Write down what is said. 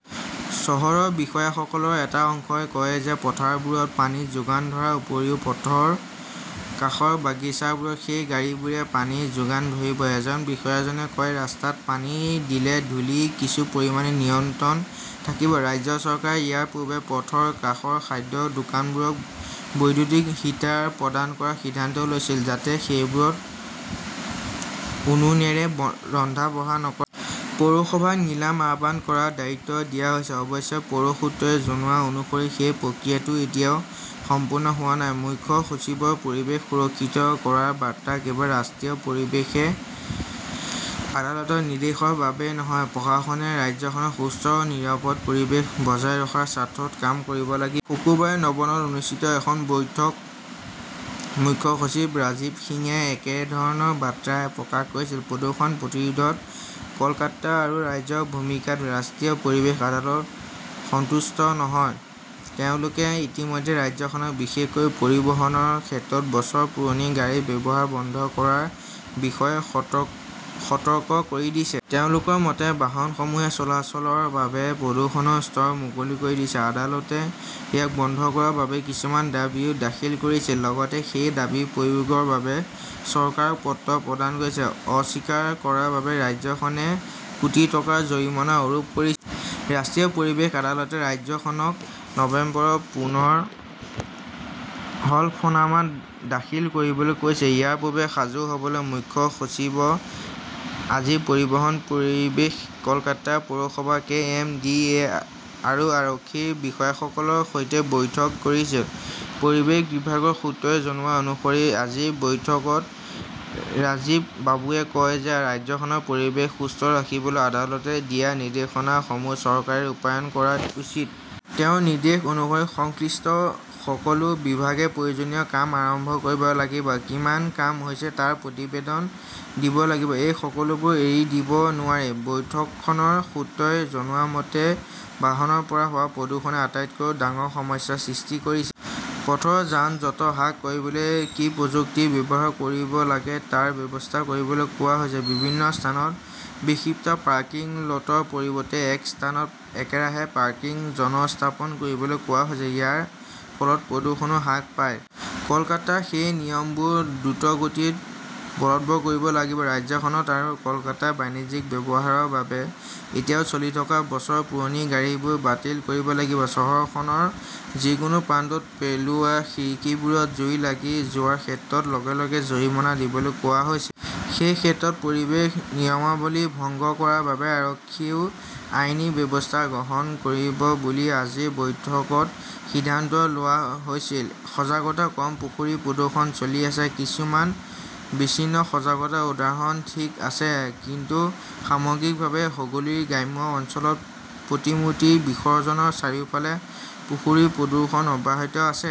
চহৰৰ বিষয়াসকলৰ এটা অংশই কয় যে পথবোৰত পানী যোগান ধৰাৰ উপৰিও পথৰ কাষৰ বাগিচাবোৰতো সেই গাড়ীবোৰে পানী যোগান ধৰিব। এজন বিষয়াজনে কয়, ৰাস্তাত পানী দিলে ধূলি কিছু পৰিমাণে নিয়ন্ত্ৰণত থাকিব। ৰাজ্য চৰকাৰে ইয়াৰ পূৰ্বে পথৰ কাষৰ খাদ্যৰ দোকানবোৰক বৈদ্যুতিক হিটাৰ প্ৰদান কৰাৰ সিদ্ধান্ত লৈছিল যাতে সেইবোৰত উনুনেৰে ৰন্ধা-বঢ়া নক। পৌৰসভাক নিলাম আহ্বান কৰাৰ দায়িত্ব দিয়া হৈছে। অৱশ্যে, পৌৰ সূত্ৰই জনোৱা অনুসৰি সেই প্ৰক্ৰিয়াটো এতিয়াও সম্পূৰ্ণ হোৱা নাই। মুখ্য সচিবৰ পৰিৱেশ সুৰক্ষিত কৰাৰ বাৰ্তা কেৱল ৰাষ্ট্ৰীয় পৰিৱেশ আদালতৰ নিৰ্দেশৰ বাবেই নহয়, প্ৰশাসনে ৰাজ্যখনত সুস্থ আৰু নিৰাপদ পৰিৱেশ বজাই ৰখাৰ স্বাৰ্থত কাম কৰিব লাগি। শুকুৰবাৰে নবনত অনুষ্ঠিত এখন বৈঠকত মুখ্য সচিব ৰাজীৱ সিঙে একেধৰণৰ বাৰ্তা প্ৰকাশ কৰিছিল। প্ৰদূষণ প্ৰতিৰোধত কলকাতা আৰু ৰাজ্যৰ ভূমিকাত ৰাষ্ট্ৰীয় পৰিৱেশ আদালত সন্তুষ্ট নহয়। তেওঁলোকে ইতিমধ্যে ৰাজ্যখনক বিশেষকৈ পৰিবহণৰ ক্ষেত্ৰত বছৰ পুৰণি গাড়ীৰ ব্যৱহাৰ বন্ধ কৰাৰ বিষয়ে সতক সতৰ্ক কৰি দিছে। তেওঁলোকৰ মতে, বাহনসমূহে চলাচলৰ বাবে প্ৰদূষণৰ স্তৰ মুকলি কৰি দিছে। আদালতে ইয়াক বন্ধ কৰাৰ বাবে কিছুমান দাবীও দাখিল কৰিছিল। লগতে সেই দাবী প্ৰয়োগৰ বাবে চৰকাৰক পত্ৰ প্ৰদান কৰিছে। অস্বীকাৰ কৰাৰ বাবে ৰাজ্যখনে কোটি টকাৰ জৰিমনা আৰোপ কৰি। ৰাষ্ট্ৰীয় পৰিৱেশ আদালতে ৰাজ্যখনক নৱেম্বৰত পুনৰ হলফনামা দাখিল কৰিবলৈ কৈছে। ইয়াৰ পূৰ্বে সাজু হ'বলৈ মুখ্য সচিবৰ আজি পৰিবহণ, পৰিৱেশ, কলকাতা পৌৰসভা, কে. এম. ডি. এ. আৰু আৰক্ষীৰ বিষয়াসকলৰ সৈতে বৈঠক কৰিছিল। পৰিৱেশ বিভাগৰ সূত্ৰই জনোৱা অনুসৰি আজিৰ বৈঠকত ৰাজীৱ বাবুৱে কয় যে ৰাজ্যখনৰ পৰিৱেশ সুস্থ ৰাখিবলৈ আদালতে দিয়া নিৰ্দেশনাসমূহ চৰকাৰে ৰূপায়ণ কৰা উচিত। তেওঁৰ নিৰ্দেশ অনুসৰি সংশ্লিষ্ট সকলো বিভাগে প্ৰয়োজনীয় কাম আৰম্ভ কৰিব লাগিব। কিমান কাম হৈছে তাৰ প্ৰতিবেদন দিব লাগিব। এই সকলোবোৰ এৰি দিব নোৱাৰি। বৈঠকখনৰ সূত্ৰই জনোৱা মতে, বাহনৰ পৰা হোৱা প্ৰদূষণই আটাইতকৈ ডাঙৰ সমস্যাৰ সৃষ্টি কৰিছে। পথৰ যান-জঁট হ্ৰাস কৰিবলৈ কি প্ৰযুক্তি ব্যৱহাৰ কৰিব লাগে তাৰ ব্যৱস্থা কৰিবলৈ কোৱা হৈছে। বিভিন্ন স্থানত বিক্ষিপ্ত পাৰ্কিং লটৰ পৰিৱৰ্তে একে স্থানত একেৰাহে পাৰ্কিং জন স্থাপন কৰিবলৈ কোৱা হৈছে। ইয়াৰ ফলত প্ৰদূষণও হ্ৰাস পায়। কলকাতাত সেই নিয়মবোৰ দ্ৰুতগতিত বলৱৎ কৰিব লাগিব। ৰাজ্যখনত আৰু কলকাতাত বাণিজ্যিক ব্যৱহাৰৰ বাবে এতিয়াও চলি থকা বছৰ পুৰণি গাড়ীবোৰ বাতিল কৰিব লাগিব। চহৰখনৰ যিকোনো প্ৰান্তত পেলোৱা খিৰিকীবোৰত জুই লাগি যোৱাৰ ক্ষেত্ৰত লগে লগে জৰিমনা দিবলৈ কোৱা হৈছে। সেই ক্ষেত্ৰত পৰিৱেশ নিয়মাৱলী ভংগ কৰাৰ বাবে আৰক্ষীয়েও আইনী ব্যৱস্থা গ্ৰহণ কৰিব বুলি আজিৰ বৈঠকত সিদ্ধান্ত লোৱা হৈছিল। সজাগতা কম, পুখুৰীৰ প্ৰদূষণ চলি আছে কিছুমান বিচ্ছিন্ন সজাগতাৰ উদাহৰণ ঠিক আছে। কিন্তু সামগ্ৰিকভাৱে, হুগলীৰ গ্ৰাম্য অঞ্চলত প্ৰতিমূৰ্তি বিসৰ্জনৰ চাৰিওফালে পুখুৰীৰ প্ৰদূষণ অব্যাহত আছে।